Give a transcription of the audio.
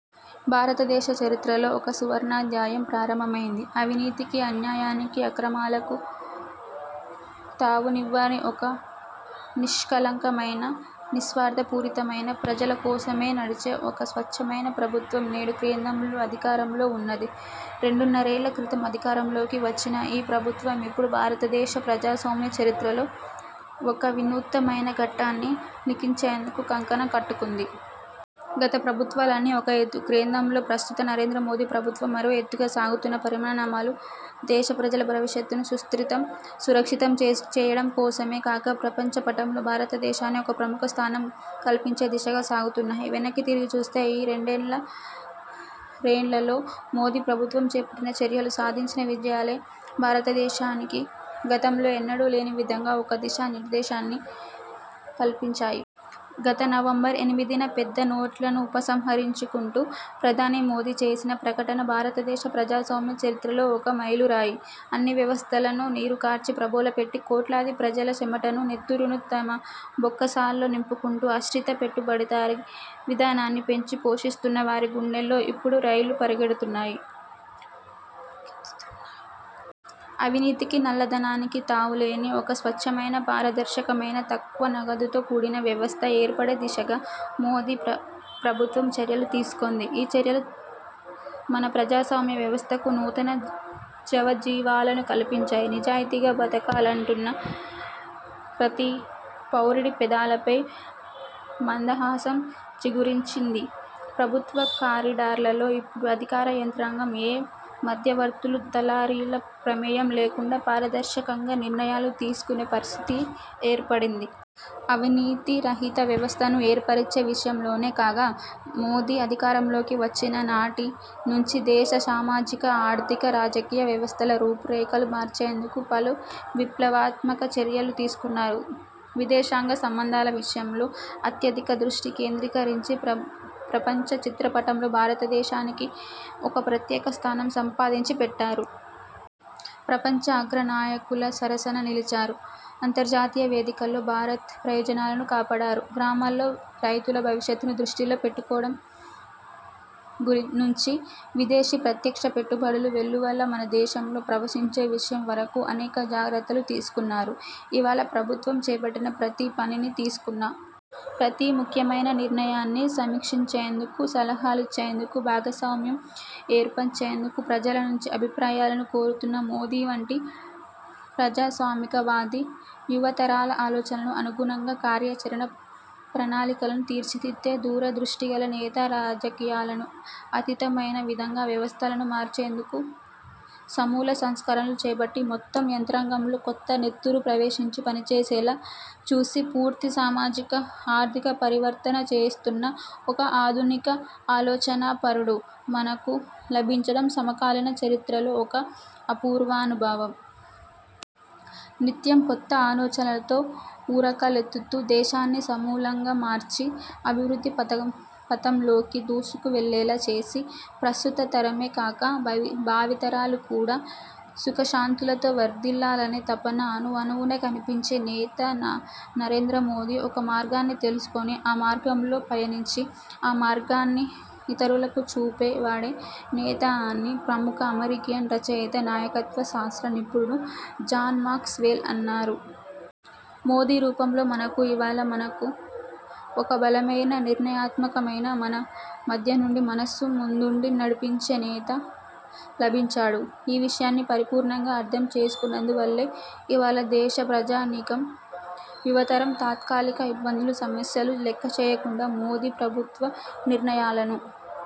భారతదేశ చరిత్రలో ఒక సువర్ణాధ్యాయం ప్రారంభమైంది. అవినీతికీ, అన్యాయానికీ, అక్రమాలకూ తావునివ్వని ఒక నిష్కళంకమైన, నిస్వార్థపూరితమైన, ప్రజల కోసమే నడిచే ఒక స్వచ్ఛమైన ప్రభుత్వం నేడు కేంద్రంలో అధికారంలో ఉన్నది. రెండున్నరేళ్ల క్రితం అధికారంలోకి వచ్చిన ఈ ప్రభుత్వం ఇప్పుడు భారతదేశ ప్రజాస్వామ్య చరిత్రలో ఒక వినూత్నమైన ఘట్టాన్ని లిఖించేందుకు కంకణం కట్టుకుంది. గత ప్రభుత్వాలన్నీ ఒక ఎత్తూ, కేంద్రంలో ప్రస్తుత నరేంద్ర మోదీ ప్రభుత్వం మరో ఎత్తుగా సాగుతున్న పరిణామాలు దేశ ప్రజల భవిష్యత్తును సుస్థిరం, సురక్షితం చేయడంకోసమే కాక ప్రపంచ పటంలో భారతదేశానికి ఒక ప్రముఖ స్థానం కల్పించే దిశగా సాగుతున్నాయి. వెనక్కి తిరిగి చూస్తే ఈ రెండున్నరేళ్లలో మోదీ ప్రభుత్వం చేపట్టిన చర్యలు, సాధించిన విజయాలే భారత దేశానికి గతంలో ఎన్నడూ లేని విధంగా ఒక దిశా నిర్దేశాన్ని కల్పించాయి. గత నవంబర్ ఎనిమిదిన పెద్ద నోట్లను ఉపసంహరించుకుంటూ ప్రధాని మోదీ చేసిన ప్రకటన భారతదేశ ప్రజాస్వామ్య చరిత్రలో ఒక మైలురాయి. అన్ని వ్యవస్థలనూ నీరుకార్చి, ప్రలోభపెట్టి కోట్లాది ప్రజల చెమటను, నెత్తురునూ తమ బొక్కసాల్లో నింపుకుంటూ, ఆశ్రిత పెట్టుబడిదారీ విధానాన్ని పెంచి పోషిస్తున్న వారి గుండెల్లో ఇప్పుడు రైళ్లు పరుగె డుత్తుతున్నాయి. అవినీతికి, నల్లధనానికి తావులేని ఒక స్వచ్ఛమైన, పారదర్శకమైన తక్కువ నగదుతో కూడిన వ్యవస్థ ఏర్పడే దిశగా మోదీ ప్రభుత్వం చర్యలు తీసుకున్నది. ఈ చర్యలు మన ప్రజాస్వామ్య వ్యవస్థకు నూతన జవజీవాలను కల్పించాయి. నిజాయితీగా బతకాలనుకుంటున్న ప్రతి పౌరుడి పెదాలపై మందహాసం చిగురించింది. ప్రభుత్వ కారిడార్లలో ఇప్పుడు అధికార యంత్రాంగం ఏ మధ్యవర్తులు, దళారీల ప్రమేయం లేకుండా పారదర్శకంగా నిర్ణయాలు తీసుకునే పరిస్థితి ఏర్పడింది. అవినీతి రహిత వ్యవస్థను ఏర్పరిచే విషయంలోనే కాక మోదీ అధికారంలోకి వచ్చిన నాటినుంచీ దేశ సామాజిక, ఆర్థిక, రాజకీయ వ్యవస్థల రూపురేఖలు మార్చేందుకు పలు విప్లవాత్మక చర్యలు తీసుకున్నారు. విదేశాంగ సంబంధాల విషయంలో అత్యధిక దృష్టి కేంద్రీకరించి ప్రపంచ చిత్రపటంలో భారతదేశానికి ఒక ప్రత్యేక స్థానం సంపాదించి పెట్టారు. ప్రపంచ అగ్రనాయకుల సరసన నిలిచారు. అంతర్జాతీయ వేదికల్లో భారత్ ప్రయోజనాలను కాపాడారు. గ్రామాల్లో రైతుల భవిష్యత్తును దృష్టిలో పెట్టుకోవడం నుంచి విదేశీ ప్రత్యక్ష పెట్టుబడులు వెల్లువలా మన దేశంలో ప్రవహించే విషయం వరకు అనేక జాగ్రత్తలు తీసుకున్నారు. ఇవాళ ప్రభుత్వం చేపట్టిన ప్రతి పనినీ, తీసుకున్న ప్రతి ముఖ్యమైన నిర్ణయాన్నీ సమీక్షించేందుకు, సలహాలనిచ్చేందుకు, భాగస్వామ్యం ఏర్పర్చేందుకు ప్రజలనుంచి అభిప్రాయాలను కోరుతున్న మోదీ వంటి ప్రజాస్వామికవాది యువతరాల ఆలోచనలకు అనుగుణంగా కార్యాచరణ ప్రణాళికలను తీర్చిదిద్దే దూరదృష్టిగల నేత రాజకీయాలకు అతీతమైన విధంగా వ్యవస్థలను మార్చేందుకు సమూల సంస్కరణలు చేపట్టి, మొత్తం యంత్రాంగంలో కొత్త నెత్తురు ప్రవేశించి పనిచేసేలా చూసి, పూర్తి సామాజిక, ఆర్థిక పరివర్తన చేస్తున్న ఒక ఆధునిక ఆలోచనాపరుడు మనకు లభించడం సమకాలీన చరిత్రలో ఒక అపూర్వానుభవం. నిత్యం కొత్త ఆలోచనలతో ఉరకలెత్తుతూ దేశాన్ని సమూలంగా మార్చి అభివృద్ధి పథంలోకి దూసుకువెళ్లేలా చేసి, ప్రస్తుత తరమే కాక భావితరాలు కూడా సుఖశాంతులతో వర్ధిల్లాలనే తపన అణువణువునా కనిపించే నేత నరేంద్ర మోదీ. ఒక మార్గాన్ని తెలుసుకుని, ఆ మార్గంలో పయనించి, ఆ మార్గాన్ని ఇతరులకు చూపే వాడే నేత అని ప్రముఖ అమెరికన్ రచయిత, నాయకత్వ శాస్త్ర నిపుణుడు జాన్ మాక్స్ వెల్ అన్నారు. మోదీ రూపంలో మనకు ఇవాళ మనకు ఒక బలమైన, నిర్ణయాత్మకమైన, మన మధ్యనుండి మనను ముందుండి నడిపించే నేత లభించాడు. ఈ విషయాన్ని పరిపూర్ణంగా అర్థం చేసుకున్నందువల్లే ఇవాళ దేశ ప్రజానీకం, యువతరం తాత్కాలిక ఇబ్బందులు, సమస్యలను లెక్కచేయకుండా మోదీ ప్రభుత్వ నిర్ణయాలను